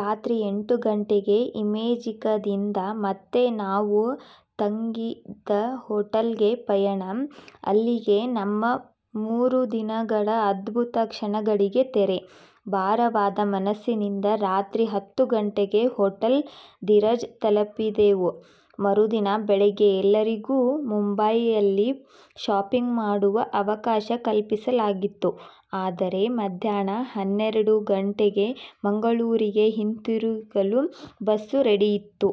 ರಾತ್ರಿ ಎಂಟು ಗಂಟೆಗೆ ಇಮೇಜಿಕದಿಂದ ಮತ್ತೆ ನಾವು ತಂಗಿದ್ದ ಹೊಟೇಲ್ಗೆ ಪಯಣ. ಅಲ್ಲಿಗೆ ನಮ್ಮ ಮೂರುದಿನಗಳ ಅದ್ಭುತ ಕ್ಷಣಗಳಿಗೆ ತೆರೆ. ಬಾರವಾದ ಮನಸ್ಸಿನಿಂದ ರಾತ್ರಿ ಹತ್ತು ಗಂಟೆಗೆ ಹೊಟೇಲ್ ಧೀರಜ್ ತಲುಪಿದೆವು ಮರುದಿನ ಬೆಳಿಗ್ಗೆ ಎಲ್ಲರಿಗೂ ಮುಂಬಾಯಿಯಲ್ಲಿ ಶಾಪಿಂಗ್ ಮಾಡುವ ಅವಕಾಶ ಕಲ್ಪಿಸಲಾಗಿತ್ತು ಆದರೆ ಮಧ್ಯಾಹ್ನ ಹನ್ನೆರಡು ಗಂಟೆಗೆ ಮಂಗಳೂರಿಗೆ ಹಿಂತಿರುಗಲು ಬಸ್ ರೆಡಿ ಇತ್ತು.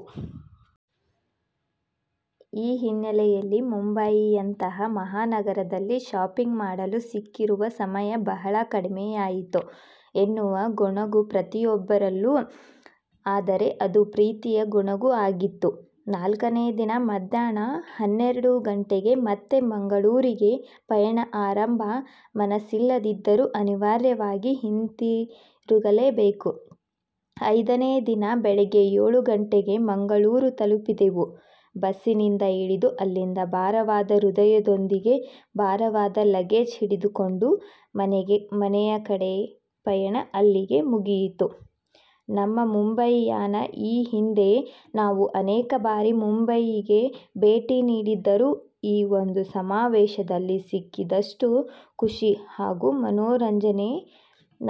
ಈ ಹಿನ್ನೆಲೆಯಲ್ಲಿ ಮುಂಬಾಯಿಯಂತಹ ಮಹಾನಗರದಲ್ಲಿ ಶಾಪಿಂಗ್ ಮಾಡಲು ಸಿಕ್ಕಿರುವ ಸಮಯ ಬಹಳ ಕಡಿಮೆಯಾಯಿತು ಎನ್ನುವ ಗೊಣಗು ಪ್ರತಿಯೊಬ್ಬರಲ್ಲೂ ಆದರೆ ಅದು ಪ್ರೀತಿಯ ಗೊಣಗು ಆಗಿತ್ತು.. ನಾಲ್ಕನೆ ದಿನ ಮಧ್ಯಾಹ್ನ ಹನ್ನೆರಡು ಗಂಟೆಗೆ ಮತ್ತೆ ಮಂಗಳೂರಿಗೆ ಪಯಣ ಆರಂಭ ಮನಸ್ಸಿಲ್ಲದಿದ್ದರೂ ಅನಿವಾರ್ಯವಾಗಿ ಹಿಂತಿರುಗಲೇ ಬೇಕು ಐದನೇ ದಿನ ಬೆಳಿಗ್ಗೆ ಏಳು ಗಂಟೆಗೆ ಮಂಗಳೂರು ತಲುಪಿದೆವು ಬಸ್ಸಿನಿಂದ ಇಳಿದು ಅಲ್ಲಿಂದ ಭಾರವಾದ ಹೃದಯದೊಂದಿಗೆ ಭಾರವಾದ ಲಗೇಜ್ ಹಿಡಿದುಕೊಂಡು ಮನೆಯ ಕಡೆ ಪಯಣ ಅಲ್ಲಿಗೆ ಮುಗಿಯಿತು ನಮ್ಮ ಮುಂಬಯಿ ಯಾನ ಈ ಹಿಂದೆ ನಾವು ಅನೇಕ ಬಾರಿ ಮುಂಬಯಿಗೆ ಬೇಟಿ ನೀಡಿದ್ದರೂ ಈ ಒಂದು ಸಮಾವೇಶದಲ್ಲಿ ಸಿಕ್ಕಿದಷ್ಟು ಖುಷಿ ಹಾಗೂ ಮನೋರಂಜನೆ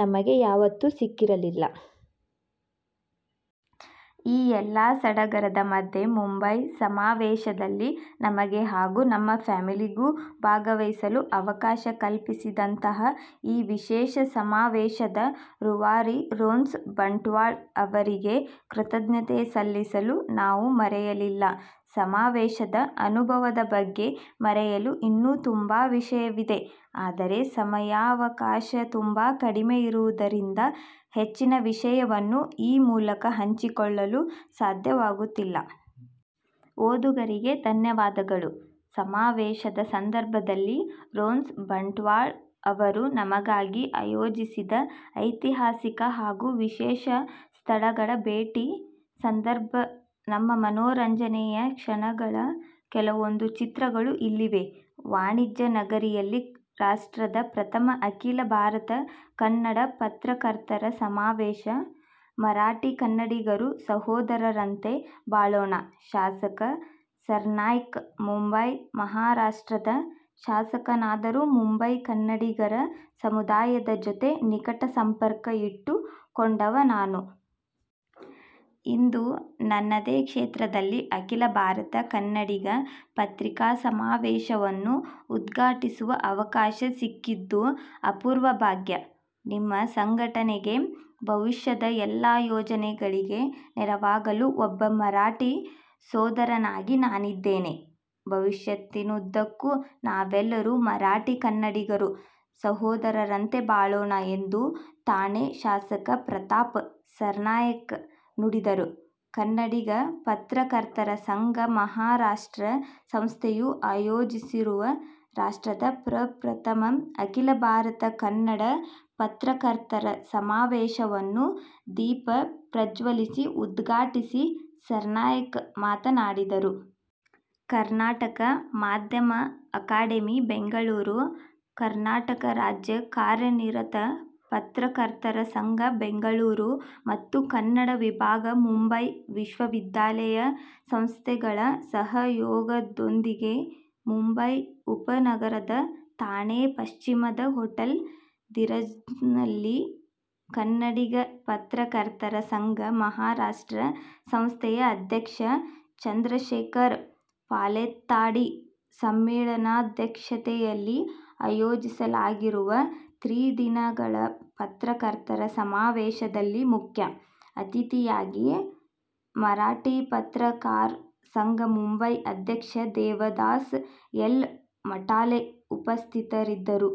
ನಮಗೆ ಯಾವತ್ತೂ ಸಿಕ್ಕಿರಲಿಲ್ಲ. ಈ ಎಲ್ಲಾ ಸಡಗರದ ಮಧ್ಯೆ ಮುಂಬಯಿ ಸಮಾವೇಶದಲ್ಲಿ ನಮಗೆ ಹಾಗೂ ನಮ್ಮ ಫ್ಯಾಮಿಲಿಗೂ ಭಾಗವಹಿಸಲು ಅವಕಾಶ ಕಲ್ಪಿಸಿದಂತಹ ಈ ವಿಶೇಷ ಸಮಾವೇಶದ ರೂವಾರಿ ರೋನ್ಸ್ ಬಂಟ್ವಾಳ್ ಅವರಿಗೆ ಕೃತಜ್ಞತೆ ಸಲ್ಲಿಸಲು ನಾವು ಮರೆಯಲಿಲ್ಲ. ಸಮಾವೇಶದ ಅನುಭವದ ಬಗ್ಗೆ ಬರೆಯಲು ಇನ್ನೂ ತುಂಬಾ ವಿಷಯವಿದೆ. ಆದರೆ ಸಮಯಾವಕಾಶ ತುಂಬ ಕಡಿಮೆ ಇರುವುದರಿಂದ ಹೆಚ್ಚಿನ ವಿಷಯವನ್ನು ಈ ಮೂಲಕ ಹಂಚಿಕೊಳ್ಳಲು ಸಾದ್ಯವಾಗುತಿಲ್ಲ. ಓದುಗರಿಗೆ ಧನ್ಯವಾದಗಳು. ಸಮಾವೇಶದ ಸಂದರ್ಭದಲ್ಲಿ ರೋನ್ಸ್ ಬಂಟ್ವಾಳ್ ಅವರು ನಮಗಾಗಿ ಅಯೋಜಿಸಿದ ಐತಿಹಾಸಿಕ ಹಾಗೂ ವಿಶೇಷ ಸ್ಥಳಗಳ ಬೇಟಿ ಸಂದರ್ಭ ನಮ್ಮ ಮನೋರಂಜನೆಯ ಕ್ಷಣಗಳ ಕೆಲವೊಂದು ಚಿತ್ರಗಳು ಇಲ್ಲಿವೆ. ವಾಣಿಜ್ಯ ನಗರಿಯಲ್ಲಿ ರಾಷ್ಟ್ರದ ಪ್ರಥಮ ಅಖಿಲ ಭಾರತ ಕನ್ನಡ ಪತ್ರಕರ್ತರ ಸಮಾವೇಶ: ಮರಾಠಿ-ಕನ್ನಡಿಗರು ಸಹೋದರರಂತೆ ಬಾಳೋಣ: ಶಾಸಕ ಸರ್ನಾಯ್ಕ್ ಮುಂಬಯಿ: ಮಹಾರಾಷ್ಟ್ರದ ಶಾಸಕನಾದರೂ ಮುಂಬಯಿ ಕನ್ನಡಿಗರ ಸಮುದಾಯದ ಜೊತೆ ನಿಕಟ ಸಂಪರ್ಕ ಇಟ್ಟು ಕೊಂಡವ ನಾನು. ಇಂದು ನನ್ನದೇ ಕ್ಷೇತ್ರದಲ್ಲಿ ಅಖಿಲಭಾರತ ಕನ್ನಡಿಗ ಪತ್ರಿಕಾ ಸಮಾವೇಶವನ್ನು ಉದ್ಘಾಟಿಸುವ ಅವಕಾಶಸಿಕ್ಕಿದ್ದು ಅಪೂರ್ವ ಭಾಗ್ಯ. ನಿಮ್ಮ ಸಂಘಟನೆಗೆ ಭವಿಷ್ಯದ ಎಲ್ಲಾ ಯೋಜನೆಗಳಿಗೆ ನೆರವಾಗಲು ಒಬ್ಬ ಮರಾಠಿಸೋದರನಾಗಿ ನಾನಿದ್ದೇನೆ. ಭವಿಷ್ಯತ್ತಿನ್ನುದ್ದಕ್ಕೂ ನಾವೆಲ್ಲರೂ ಮರಾಠಿ-ಕನ್ನಡಿಗರು ಸಹೋದರರಂತೆ ಬಾಳೋಣ ಎಂದು ಥಾಣೆ ಶಾಸಕ ಪ್ರತಾಪ್ ಸರ್ನಾಯ್ಕ್ ನುಡಿದರು. ಕನ್ನಡಿಗ ಪತ್ರಕರ್ತರ ಸಂಘ ಮಹಾರಾಷ್ಟ್ರ ಸಂಸ್ಥೆಯು ಆಯೋಜಿಸಿರುವ ರಾಷ್ಟ್ರದ ಪ್ರಪ್ರಥಮ ಅಖಿಲ ಭಾರತ ಕನ್ನಡ ಪತ್ರಕರ್ತರ ಸಮಾವೇಶವನ್ನು ದೀಪ ಪ್ರಜ್ವಲಿಸಿ ಉದ್ಘಾಟಿಸಿ ಸರ್ನಾಯ್ಕ್ ಮಾತನಾಡಿದರು. ಕರ್ನಾಟಕ ಮಾಧ್ಯಮ ಅಕಾಡೆಮಿ ಬೆಂಗಳೂರು, ಕರ್ನಾಟಕ ರಾಜ್ಯ ಕಾರ್ಯನಿರತ ಪತ್ರಕರ್ತರ ಸಂಘ ಬೆಂಗಳೂರು ಮತ್ತು ಕನ್ನಡ ವಿಭಾಗ ಮುಂಬಯಿ ವಿಶ್ವವಿದ್ಯಾಲಯ ಸಂಸ್ಥೆಗಳ ಸಹಯೋಗದೊಂದಿಗೆ ಮುಂಬಯಿ ಉಪನಗರದ ಥಾಣೆ ಪಶ್ಚಿಮದ ಹೊಟೇಲ್ ಧೀರಜ್ನಲ್ಲಿ ಕನ್ನಡಿಗ ಪತ್ರಕರ್ತರ ಸಂಘ ಮಹಾರಾಷ್ಟ್ರ ಸಂಸ್ಥೆಯ ಅಧ್ಯಕ್ಷ ಚಂದ್ರಶೇಖರ ಪಾಲೆತ್ತಾಡಿ ಸಮ್ಮೇಳನಾಧ್ಯಕ್ಷತೆಯಲ್ಲಿ ಆಯೋಜಿಸಲಾಗಿರುವ ತ್ರಿದಿನಗಳ ಪತ್ರಕರ್ತರ ಸಮಾವೇಶದಲ್ಲಿ ಮುಖ್ಯ ಅತಿಥಿಯಾಗಿ ಮರಾಠಿ ಪತ್ರಕಾರ್ ಸಂಘ ಮುಂಬಯಿ ಅಧ್ಯಕ್ಷ ದೇವದಾಸ್ ಎಲ್. ಮಠಾಲೆ ಉಪಸ್ಥಿತರಿದ್ದರು.